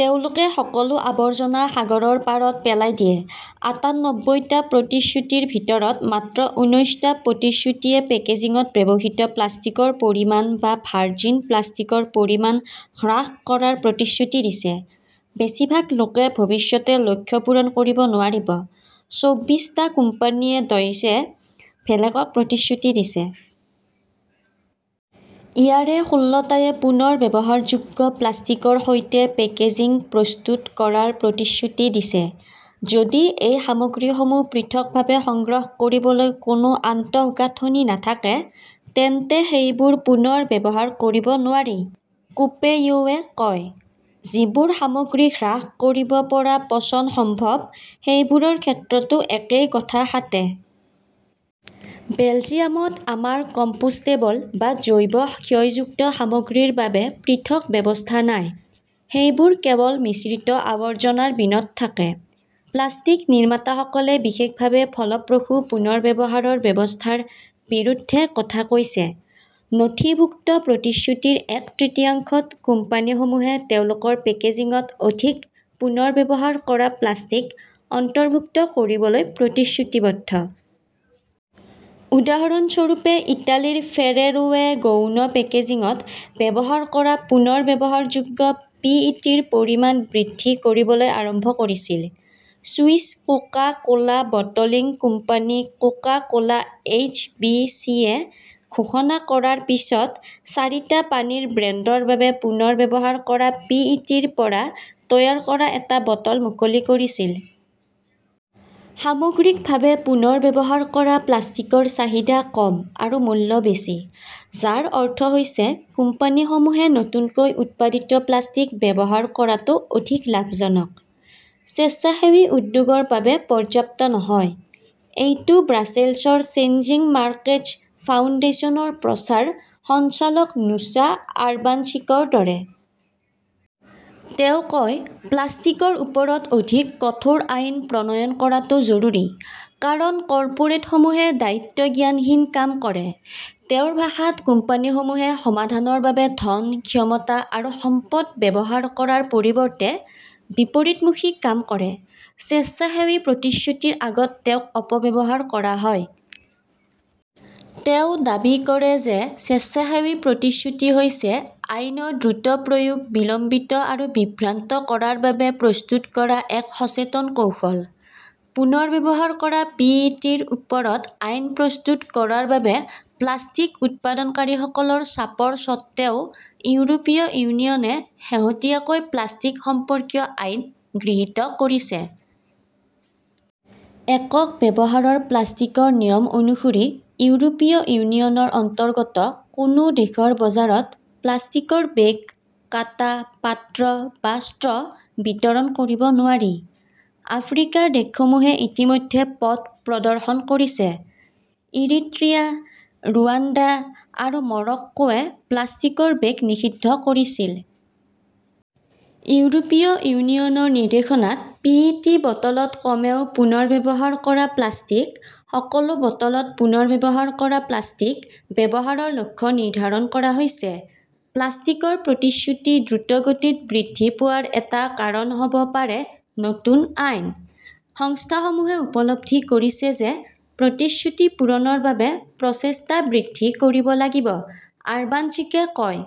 তেওঁলোকে সকলো আৱৰ্জনা সাগৰৰ পাৰত পেলাই দিয়ে। আটান্নব্বৈটা প্ৰতিশ্ৰুতিৰ ভিতৰত মাত্ৰ ঊনৈশটা প্ৰতিশ্ৰুতিয়ে পেকেজিঙত ব্যৱহৃত প্লাষ্টিকৰ পৰিমাণ বা ভাৰ্জিন প্লাষ্টিকৰ পৰিমাণ হ্ৰাস কৰাৰ প্ৰতিশ্ৰুতি দিছে। বেছিভাগ লোকে ভৱিষ্যতে লক্ষ্য পূৰণ কৰিব নোৱাৰিব। চৌবিশটা কোম্পানীয়ে ডয়েচে ভেলেকক প্ৰতিশ্ৰুতি দিছে। ইয়াৰে ষোল্লটায়ে পুনৰ্ব্যৱহাৰযোগ্য প্লাষ্টিকৰ সৈতে পেকেজিং প্ৰস্তুত কৰাৰ প্ৰতিশ্ৰুতি দিছে। যদি এই সামগ্ৰীসমূহ পৃথকভাৱে সংগ্ৰহ কৰিবলৈ কোনো আন্তঃগাঁথনি নাথাকে, তেন্তে সেইবোৰ পুনৰ ব্যৱহাৰ কৰিব নোৱাৰি, কোপেয়োৱে কয়। যিবোৰ সামগ্ৰী হ্ৰাস কৰিব পৰা পচন সম্ভৱ, সেইবোৰৰ ক্ষেত্ৰতো একেই কথা খাটে। বেলজিয়ামত, আমাৰ কম্পোষ্টেবল বা জৈৱ ক্ষয়যুক্ত সামগ্ৰীৰ বাবে পৃথক ব্যৱস্থা নাই। সেইবোৰ কেৱল মিশ্ৰিত আৱৰ্জনাৰ বিনত থাকে। প্লাষ্টিক নিৰ্মাতাসকলে বিশেষভাৱে ফলপ্ৰসূ পুনৰ্ব্যৱহাৰৰ ব্যৱস্থাৰ বিৰুদ্ধে কথা কৈছে। নথিভুক্ত প্ৰতিশ্ৰুতিৰ এক তৃতীয়াংশত, কোম্পানীসমূহে তেওঁলোকৰ পেকেজিঙত অধিক পুনৰ্ব্যৱহাৰ কৰা প্লাষ্টিক অন্তৰ্ভুক্ত কৰিবলৈ প্ৰতিশ্ৰুতিবদ্ধ। উদাহৰণস্বৰূপে, ইটালীৰ ফেৰেৰোৱে গৌণ পেকেজিঙত ব্যৱহাৰ কৰা পুনৰ্ব্যৱহাৰযোগ্য পিইটিৰ পৰিমাণ বৃদ্ধি কৰিবলৈ আৰম্ভ কৰিছিল। Swiss Coca Cola bottling company Coca Cola H B চিয়ে ঘোষণা কৰাৰ পিছত চাৰিটা পানীৰ ব্ৰেণ্ডৰ বাবে পুনৰ্ব্যৱহাৰ কৰা পিইটিৰ পৰা তৈয়াৰ কৰা এটা বটল মুকলি কৰিছিল। সামগ্ৰিকভাৱে, পুনৰ্ব্যৱহাৰ কৰা প্লাষ্টিকৰ চাহিদা কম আৰু মূল্য বেছি, যাৰ অৰ্থ হৈছে কোম্পানীসমূহে নতুনকৈ উৎপাদিত প্লাষ্টিক ব্যৱহাৰ কৰাটো অধিক লাভজনক। স্বেচ্ছাসেৱী উদ্যোগৰ বাবে পৰ্যাপ্ত নহয়। এইটো ব্ৰাছেলছৰ চেঞ্জিং মাৰ্কেটছ ফাউণ্ডেশ্যনৰ প্ৰচাৰ সঞ্চালক নুছা আৰবানচিকৰ দৰে। তেওঁ কয়, প্লাষ্টিকৰ ওপৰত অধিক কঠোৰ আইন প্ৰণয়ন কৰাটো জৰুৰী কাৰণ কৰ্পোৰেটসমূহে দায়িত্বজ্ঞানহীন কাম কৰে। তেওঁৰ ভাষাত, কোম্পানীসমূহে সমাধানৰ বাবে ধন, ক্ষমতা আৰু সম্পদ ব্যৱহাৰ কৰাৰ পৰিৱৰ্তে বিপৰীতমুখী কাম কৰে। স্বেচ্ছাসেৱী প্ৰতিশ্ৰুতিৰ আগত তেওঁক অপব্যৱহাৰ কৰা হয়। তেওঁ দাবী কৰে যে স্বেচ্ছাসেৱী প্ৰতিশ্ৰুতি হৈছে আইনৰ দ্ৰুত প্ৰয়োগ বিলম্বিত আৰু বিভ্ৰান্ত কৰাৰ বাবে প্ৰস্তুত কৰা এক সচেতন কৌশল। পুনৰ্ব্যৱহাৰ কৰা পিইটিৰ ওপৰত আইন প্ৰস্তুত কৰাৰ বাবে প্লাষ্টিক উৎপাদনকাৰীসকলৰ চাপৰ স্বত্বেও ইউৰোপীয় ইউনিয়নে শেহতীয়াকৈ প্লাষ্টিক সম্পৰ্কীয় আইন গৃহীত কৰিছে। একক ব্যৱহাৰৰ প্লাষ্টিকৰ নিয়ম অনুসৰি, ইউৰোপীয় ইউনিয়নৰ অন্তৰ্গত কোনো দেশৰ বজাৰত প্লাষ্টিকৰ বেগ, কাঁটা, পাত্ৰ বা ষ্ট্ৰ' বিতৰণ কৰিব নোৱাৰি। আফ্ৰিকাৰ দেশসমূহে ইতিমধ্যে পথ প্ৰদৰ্শন কৰিছে। ইৰিট্ৰিয়া, ৰুৱাণ্ডা আৰু মৰক্কোৱে প্লাষ্টিকৰ বেগ নিষিদ্ধ কৰিছিল। ইউৰোপীয় ইউনিয়নৰ নিৰ্দেশনাত পিইটি বটলত কমেও পুনৰ্ব্যৱহাৰ কৰা প্লাষ্টিক, সকলো বটলত পুনৰ্ব্যৱহাৰ কৰা প্লাষ্টিক ব্যৱহাৰৰ লক্ষ্য নিৰ্ধাৰণ কৰা হৈছে। প্লাষ্টিকৰ প্ৰতিশ্ৰুতি দ্ৰুতগতিত বৃদ্ধি পোৱাৰ এটা কাৰণ হ'ব পাৰে নতুন আইন। সংস্থাসমূহে উপলব্ধি কৰিছে যে প্ৰতিশ্ৰুতি পূৰণৰ বাবে প্ৰচেষ্টা বৃদ্ধি কৰিব লাগিব, আৰবানচিকে কয়।